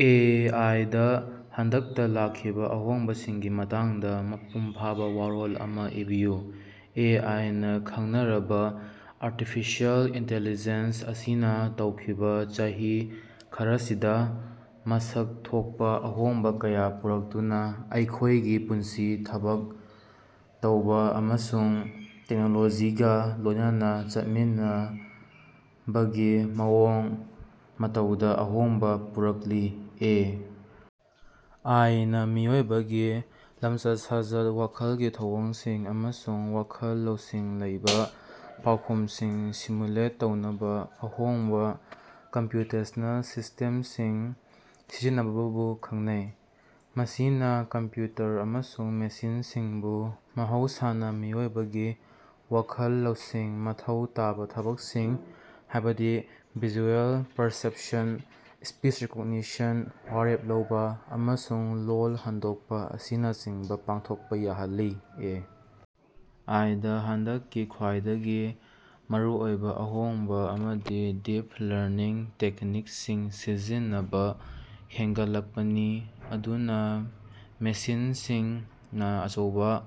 ꯑꯦ. I. ꯗꯥ ꯍꯟꯗꯛꯇ ꯂꯥꯛꯈꯤꯕ ꯑꯍꯣꯡꯕꯁꯤꯡꯒꯤ ꯃꯇꯥꯡꯗ ꯃꯄꯨꯡ ꯐꯥꯕ ꯋꯥꯔꯣꯜ ꯑꯃ ꯏꯕꯤꯌꯨ꯫ ꯑꯦ. ꯑꯥꯏ. ꯅꯥ ꯈꯪꯅꯔꯕ ꯑꯥꯔꯇꯤꯐꯤꯁꯤꯑꯦꯜ ꯏꯟꯇꯤꯂꯤꯖꯦꯟꯁ ꯑꯁꯤꯅ ꯍꯧꯈꯤꯕ ꯆꯍꯤ ꯈꯔꯁꯤꯗ ꯃꯁꯛ ꯊꯣꯛꯄ ꯑꯍꯣꯡꯕ ꯀꯌꯥ ꯄꯨꯔꯛꯇꯨꯅ ꯑꯩꯈꯣꯏꯒꯤ ꯄꯨꯟꯁꯤ, ꯊꯕꯛ ꯇꯧꯕ ꯑꯃꯁꯨꯡ ꯇꯦꯛꯅꯣꯂꯣꯖꯤꯒ ꯂꯣꯏꯅꯅ ꯆꯠꯃꯤꯟꯅꯕꯒꯤ ꯃꯑꯣꯡ ꯃꯇꯧꯗ ꯑꯍꯣꯡꯕ ꯄꯨꯔꯛꯂꯤ꯫ ꯑꯦ. ꯑꯥꯏ. ꯅꯥ ꯃꯤꯑꯣꯏꯕꯒꯤ ꯂꯝꯆꯠ-ꯁꯥꯖꯠ, ꯋꯥꯈꯜꯒꯤ ꯊꯧꯑꯣꯡꯁꯤꯡ ꯑꯃꯁꯨꯡ ꯋꯥꯈꯜ ꯂꯧꯁꯤꯡ ꯂꯩꯕꯥ ꯄꯥꯎꯈꯨꯝꯁꯤꯡ ꯁꯤꯃꯨꯂꯦꯠ ꯇꯧꯅꯕ ꯑꯍꯣꯡꯕ ꯀꯝꯄ꯭ꯌꯨꯇꯦꯁꯅꯦꯜ ꯁꯤꯁꯇꯦꯝꯁꯤꯡ ꯁꯤꯖꯤꯟꯅꯕꯕꯨ ꯈꯪꯅꯩ꯫ ꯃꯁꯤꯅ ꯀꯝꯄ꯭ꯌꯨꯇꯔ ꯑꯃꯁꯨꯡ ꯃꯦꯁꯤꯟꯁꯤꯡꯕꯨ ꯃꯍꯧꯁꯥꯅ ꯃꯤꯑꯣꯏꯕꯒꯤ ꯋꯥꯈꯜ ꯂꯧꯁꯤꯡ ꯃꯊꯧ ꯇꯥꯕ ꯊꯕꯛꯁꯤꯡ, ꯍꯥꯏꯕꯗꯤ ꯚꯤꯖꯨꯑꯦꯜ ꯄꯔꯁꯦꯄꯁꯟ, ꯁꯄꯤꯆ ꯔꯤꯀꯣꯒꯅꯤꯁꯟ, ꯋꯥꯔꯦꯞ ꯂꯧꯕ, ꯑꯃꯁꯨꯡ ꯂꯣꯜ ꯍꯟꯗꯣꯛꯄ ꯑꯁꯤꯅꯆꯤꯡꯕ ꯄꯥꯡꯊꯣꯛꯄ ꯌꯥꯍꯜꯂꯤ꯫ ꯑꯦ. ꯑꯥꯏ. ꯗꯥ ꯍꯟꯗꯛꯀꯤ ꯈ꯭ꯋꯥꯏꯗꯒꯤ ꯃꯔꯨꯑꯣꯏꯕ ꯑꯍꯣꯡꯕ ꯑꯃꯗꯤ ꯗꯤꯞ ꯂꯔꯅꯤꯡ ꯇꯦꯛꯅꯤꯛꯁꯤꯡ ꯁꯤꯖꯤꯟꯅꯕ ꯍꯦꯟꯒꯠꯂꯛꯄꯅꯤ ꯃꯗꯨꯅ ꯃꯦꯁꯤꯟꯁꯤꯡꯅ ꯑꯆꯧꯕ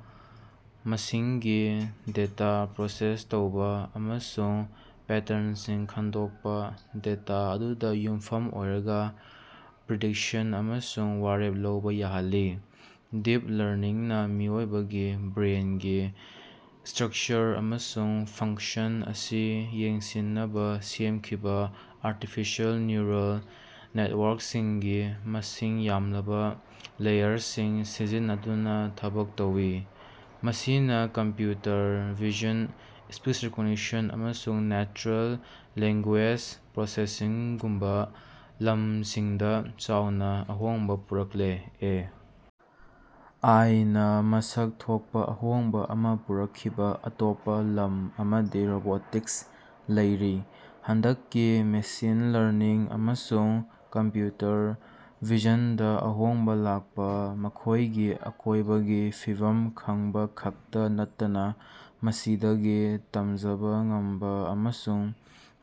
ꯃꯁꯤꯡꯒꯤ ꯗꯦꯇꯥ ꯄ꯭ꯔꯣꯁꯦꯁ ꯇꯧꯕ ꯑꯃꯁꯨꯡ ꯄꯦꯇꯔꯟꯁꯤꯡ ꯈꯪꯗꯣꯛꯄ, ꯗꯦꯇꯥ ꯑꯗꯨꯗ ꯌꯨꯝꯐꯝ ꯑꯣꯏꯔꯒ ꯄ꯭ꯔꯤꯗꯤꯛꯁꯟ ꯑꯃꯁꯨꯡ ꯋꯥꯔꯦꯞ ꯂꯧꯕ ꯌꯥꯍꯜꯂꯤ꯫ ꯗꯤꯞ ꯂꯔꯅꯤꯡꯅ ꯃꯤꯑꯣꯏꯕꯒꯤ ꯕ꯭ꯔꯦꯟꯒꯤ ꯁ꯭ꯇꯔꯛꯆꯔ ꯑꯃꯁꯨꯡ ꯐꯪꯛꯁꯟ ꯑꯁꯤ ꯌꯦꯡꯁꯤꯟꯅꯕ ꯁꯦꯝꯈꯤꯕ ꯑꯥꯔꯇꯤꯐꯤꯁꯤꯑꯦꯜ ꯅ꯭ꯌꯨꯔꯜ ꯅꯦꯇꯋꯥꯔꯛꯁꯤꯡꯒꯤ ꯃꯁꯤꯡ ꯌꯥꯝꯂꯕ ꯂꯦꯌꯔꯁꯤꯡ ꯁꯤꯖꯤꯟꯅꯗꯨꯅ ꯊꯕꯛ ꯇꯧꯏ꯫ ꯃꯁꯤꯅ ꯀꯝꯄ꯭ꯌꯨꯇꯔ ꯚꯤꯖꯟ, ꯁꯄꯤꯆ ꯔꯤꯀꯣꯒꯅꯤꯁꯟ, ꯑꯃꯁꯨꯡ ꯅꯦꯆꯔꯦꯜ ꯂꯦꯡꯒꯨꯌꯦꯖ ꯄ꯭ꯔꯣꯁꯦꯁꯤꯡꯒꯨꯝꯕ ꯂꯝꯁꯤꯡꯗ ꯆꯥꯎꯅ ꯑꯍꯣꯡꯕ ꯄꯨꯔꯛꯂꯦ꯫ ꯑꯦ. ꯑꯥꯏ. ꯅꯥ ꯃꯁꯛ ꯊꯣꯛꯄ ꯑꯍꯣꯡꯕ ꯑꯃ ꯄꯨꯔꯛꯈꯤꯕ ꯑꯇꯣꯞꯄ ꯂꯝ ꯑꯃꯗꯤ ꯔꯣꯕꯣꯇꯤꯛꯁꯇ ꯂꯩꯔꯤ꯫ ꯍꯟꯗꯛꯀꯤ ꯃꯦꯁꯤꯟ ꯂꯔꯅꯤꯡ ꯑꯃꯁꯨꯡ ꯀꯝꯄ꯭ꯌꯨꯇꯔ ꯚꯤꯖꯟꯗ ꯑꯍꯣꯡꯕ ꯂꯥꯛꯄꯅ ꯃꯈꯣꯏꯒꯤ ꯑꯀꯣꯏꯕꯒꯤ ꯐꯤꯕꯝ ꯈꯪꯕ ꯈꯛꯇ ꯅꯠꯇꯅ ꯃꯁꯤꯗꯒꯤ ꯇꯝꯖꯕ ꯉꯝꯕ ꯑꯃꯁꯨꯡ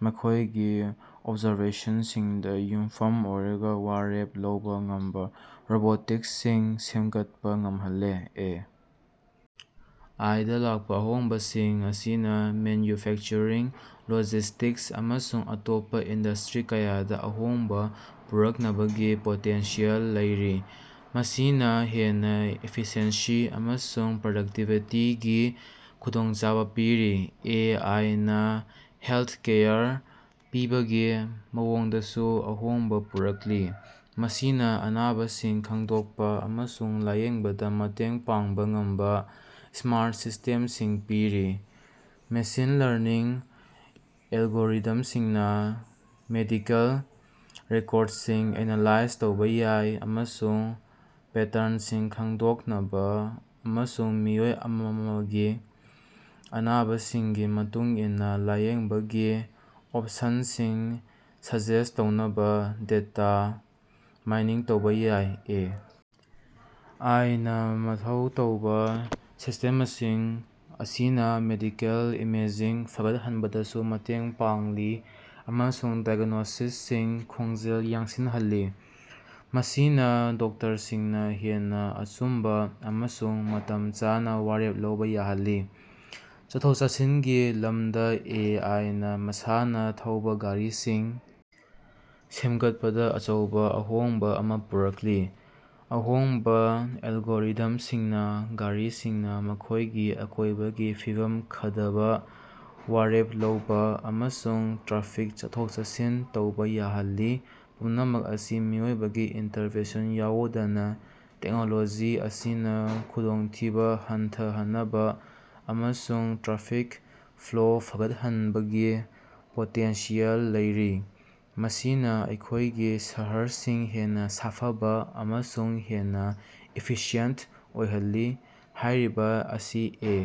ꯃꯈꯣꯏꯒꯤ ꯑꯣꯕꯖꯥꯔꯕꯦꯁꯟꯁꯤꯡꯗ ꯌꯨꯝꯐꯝ ꯑꯣꯏꯔꯒ ꯋꯥꯔꯦꯞ ꯂꯧꯕ ꯉꯝꯕ ꯔꯣꯕꯣꯠꯁꯤꯡ ꯁꯦꯝꯒꯠꯄ ꯉꯝꯍꯜꯂꯦ꯫ ꯑꯦ. ꯑꯥꯏ. ꯗꯥ ꯂꯥꯛꯄ ꯑꯍꯣꯡꯕꯁꯤꯡ ꯑꯁꯤꯅ ꯃꯦꯟꯌꯨꯐꯦꯛꯆꯔꯤꯡ, ꯂꯣꯖꯤꯁꯇꯤꯛꯁ, ꯑꯃꯁꯨꯡ ꯑꯇꯣꯞꯄ ꯏꯟꯗꯁ꯭ꯇꯔꯤ ꯀꯌꯥꯗ ꯑꯍꯣꯡꯕ ꯄꯨꯔꯛꯅꯕꯒꯤ ꯄꯣꯇꯦꯟꯁꯤꯌꯦꯜ ꯂꯩꯔꯤ, ꯃꯁꯤꯅ ꯍꯦꯟꯅ ꯏꯐꯤꯁꯤꯑꯦꯟꯁꯤ ꯑꯃꯁꯨꯡ ꯄ꯭ꯔꯗꯛꯇꯤꯕꯤꯇꯤꯒꯤ ꯈꯨꯗꯣꯡꯆꯥꯕ ꯄꯤꯔꯤ꯫ ꯑꯦ. ꯑꯥꯏ. ꯅꯥ ꯍꯦꯜꯊꯀꯦꯌꯔ ꯄꯤꯕꯒꯤ ꯃꯑꯣꯡꯗꯁꯨ ꯑꯍꯣꯡꯕ ꯄꯨꯔꯛꯂꯤ, ꯃꯁꯤꯅ ꯑꯅꯥꯕꯁꯤꯡ ꯈꯪꯗꯣꯛꯄ ꯑꯃꯁꯨꯡ ꯂꯥꯌꯦꯡꯕꯗ ꯃꯇꯦꯡ ꯄꯥꯡꯕ ꯉꯝꯕ ꯁ꯭ꯃꯥꯔꯠ ꯁꯤꯁꯇꯦꯝꯁꯤꯡ ꯄꯤꯔꯤ꯫ ꯃꯦꯁꯤꯟ ꯂꯔꯅꯤꯡ ꯑꯦꯜꯒꯣꯔꯤꯊꯝꯁꯤꯡꯅꯥ ꯃꯦꯗꯤꯀꯦꯜ ꯔꯦꯀꯣꯔꯗꯁꯤꯡ ꯑꯦꯅꯥꯂꯥꯏꯖ ꯇꯧꯕ ꯌꯥꯏ ꯑꯃꯁꯨꯡ ꯄꯦꯇꯔꯟꯁꯤꯡ ꯈꯪꯗꯣꯛꯅꯕ ꯑꯃꯁꯨꯡ ꯃꯤꯑꯣꯏ ꯑꯃꯃꯃꯒꯤ ꯑꯅꯥꯕꯁꯤꯡꯒꯤ ꯃꯇꯨꯡ ꯏꯟꯅ ꯂꯥꯌꯦꯡꯕꯒꯤ ꯑꯣꯄꯁꯟꯁꯤꯡ ꯁꯖꯦꯁꯠ ꯇꯧꯅꯕ ꯗꯦꯇꯥ ꯃꯥꯏꯅꯤꯡ ꯇꯧꯕ ꯌꯥꯏ꯫ ꯑꯦ. ꯑꯥꯏ. ꯅꯥ ꯃꯊꯧ ꯇꯧꯕꯥ ꯁꯤꯁꯇꯦꯃꯁꯤꯡ ꯑꯁꯤꯅ ꯃꯦꯗꯤꯀꯦꯜ ꯏꯃꯦꯖꯤꯡ ꯐꯒꯠꯍꯟꯕꯗꯁꯨ ꯃꯇꯦꯡ ꯄꯥꯡꯂꯤ ꯑꯃꯁꯨꯡ ꯗꯥꯏꯒ꯭ꯅꯣꯁꯤꯁꯁꯤꯡ ꯈꯣꯡꯖꯦꯜ ꯌꯥꯡꯁꯤꯟꯍꯜꯂꯤ, ꯃꯁꯤꯅ ꯗꯣꯛꯇꯔꯁꯤꯡꯅ ꯍꯦꯟꯅ ꯑꯆꯨꯝꯕ ꯑꯃꯁꯨꯡ ꯃꯇꯝ ꯆꯥꯅ ꯋꯥꯔꯦꯞ ꯂꯧꯕ ꯌꯥꯍꯜꯂꯤ꯫ ꯆꯠꯊꯣꯛ-ꯆꯠꯁꯤꯟꯒꯤ ꯂꯝꯗ ꯑꯦ. ꯑꯥꯏ. ꯅꯥ ꯃꯁꯥꯅ ꯊꯧꯕ ꯒꯥꯔꯤꯁꯤꯡ ꯁꯦꯝꯒꯠꯄꯗ ꯑꯆꯧꯕ ꯑꯍꯣꯡꯕ ꯑꯃ ꯄꯨꯔꯛꯂꯤ꯫ ꯑꯍꯣꯡꯕ ꯑꯦꯜꯒꯣꯔꯤꯊꯝꯁꯤꯡꯅ ꯒꯥꯔꯤꯁꯤꯡꯅ ꯃꯈꯣꯏꯒꯤ ꯑꯀꯣꯏꯕꯒꯤ ꯐꯤꯕꯝ ꯈꯘꯕꯥ, ꯋꯥꯔꯦꯞ ꯂꯧꯕ ꯑꯃꯁꯨꯡ ꯇ꯭ꯔꯥꯐꯤꯛ ꯆꯠꯊꯣꯛ-ꯆꯠꯁꯤꯟ ꯇꯧꯕꯥ ꯌꯥꯍꯜꯂꯤ, ꯄꯨꯝꯅꯃꯛ ꯑꯁꯤ ꯃꯤꯑꯣꯏꯕꯒꯤ ꯏꯟꯇꯔꯚꯦꯟꯁꯟ ꯌꯥꯑꯣꯗꯅꯥ꯫ ꯇꯦꯛꯅꯣꯂꯣꯖꯤ ꯑꯁꯤꯅꯥ ꯈꯨꯗꯣꯡꯊꯤꯕꯥ ꯍꯟꯊꯍꯅꯕꯥ ꯑꯃꯁꯨꯡ ꯇ꯭ꯔꯥꯐꯤꯛ ꯐ꯭ꯂꯣ ꯐꯒꯠꯍꯟꯕꯒꯤ ꯄꯣꯇꯦꯟꯁꯤꯌꯦꯜ ꯂꯩꯔꯤ, ꯃꯁꯤꯅꯥ ꯑꯩꯈꯣꯏꯒꯤ ꯁꯍꯔꯁꯤꯡ ꯍꯦꯟꯅ ꯁꯥꯐꯕ ꯑꯃꯁꯨꯡ ꯍꯦꯟꯅ ꯏꯐꯤꯁꯤꯌꯦꯟꯇ ꯑꯣꯏꯍꯜꯂꯤ꯫ ꯍꯥꯏꯔꯤꯕꯥ ꯑꯁꯤ ꯑꯦ.